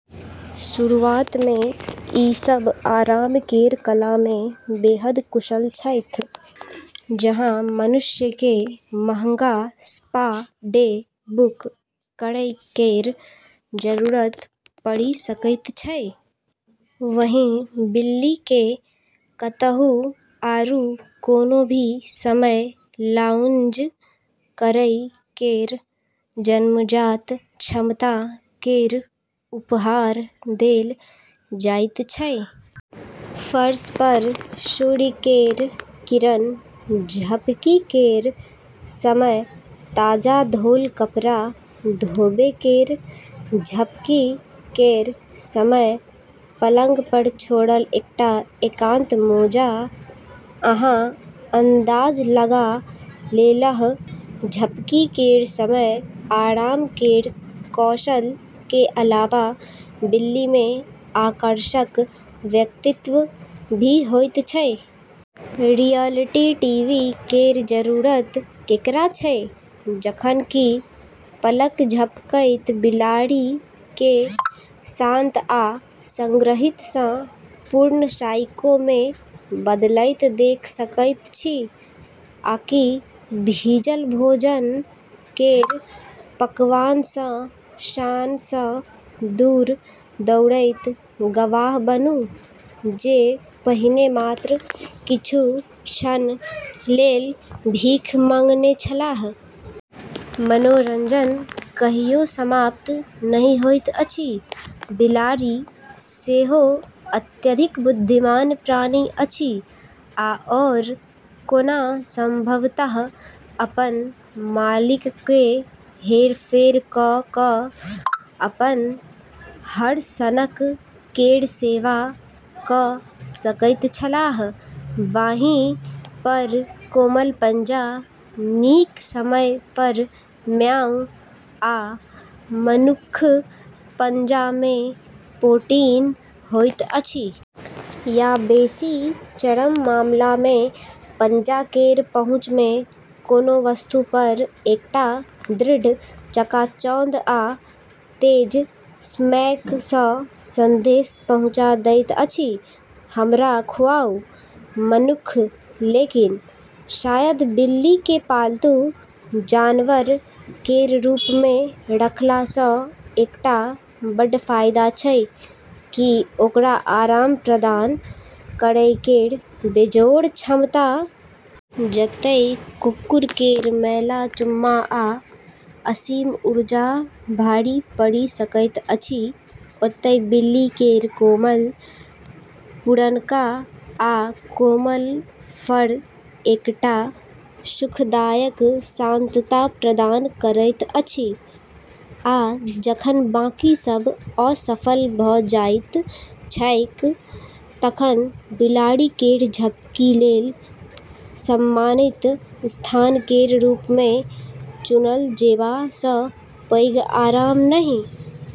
शुरुआत मे ई सब आराम केर कला मे बेहद कुशल छैथ। जहाँ मनुष्य केँ महंगा स्पा डे बुक करै केर जरूरत पड़ि सकैत छै, वहीं बिल्ली केँ कतहु आरू कोनो भी समय लाउंज करै केर जन्मजात क्षमता केर उपहार देल जाइत छै। फर्श पर सूर्य केर किरण? झपकी केर समय। ताजा धोल कपड़ा धोबै केर? झपकी केर समय। पलंग पर छोड़ल एकटा एकांत मोजा? अहाँ अंदाज लगा लेलह। झपकी केर समय। आराम केर कौशल के अलावा बिल्ली मे आकर्षक व्यक्तित्व भी होइत छै। रियलिटी टीवी केर जरूरत केकरा छै जखन कि पलक झपकैत बिलाड़ि केँ शांत आ संग्रहित सँ पूर्ण साइको मे बदलैत देख सकैत छी। आकि भीजल भोजन केर पकवान सँ शान सँ दूर दौड़ैत गवाह बनू जे पहिने मात्र किछु क्षण लेल भीख मँगने छलाह? मनोरंजन कहियो समाप्त नहि होइत अछि। बिलाड़ि सेहो अत्यधिक बुद्धिमान प्राणी अछि। आओर कोना संभवतः अपन मालिक केँ हेरफेर कऽ कऽ अपन हर सनक केर सेवा कऽ सकैत छलाह। बाँहि पर कोमल पंजा, नीक समय पर म्याऊ, आ मनुक्ख पंजा मे पोटीन होइत अछि। या, बेसी चरम मामला मे, पंजा केर पहुंच मे कोनो वस्तु पर एकटा दृढ़ चकाचौंध आ तेज स्मैक सँ संदेश पहुँचा दैत अछि हमरा खुआउ, मनुक्ख। लेकिन शायद बिल्ली केँ पालतू जानवर केर रूप मे रखला सँ एकटा बड़ फायदा छै कि ओकर आराम प्रदान करै केर बेजोड़ क्षमता। जतय कुकुर केर मैला चुम्मा आ असीम ऊर्जा भारी पड़ि सकैत अछि, ओतय बिल्ली केर कोमल पुरनका आ कोमल फर एकटा सुखदायक शांतता प्रदान करैत अछि। आ जखन बाकी सब असफल भऽ जाइत छैक तखन बिलाड़ि केर झपकी लेल सम्मानित स्थान केर रूप मे चुनल जेबा सँ पैघ आराम नहि।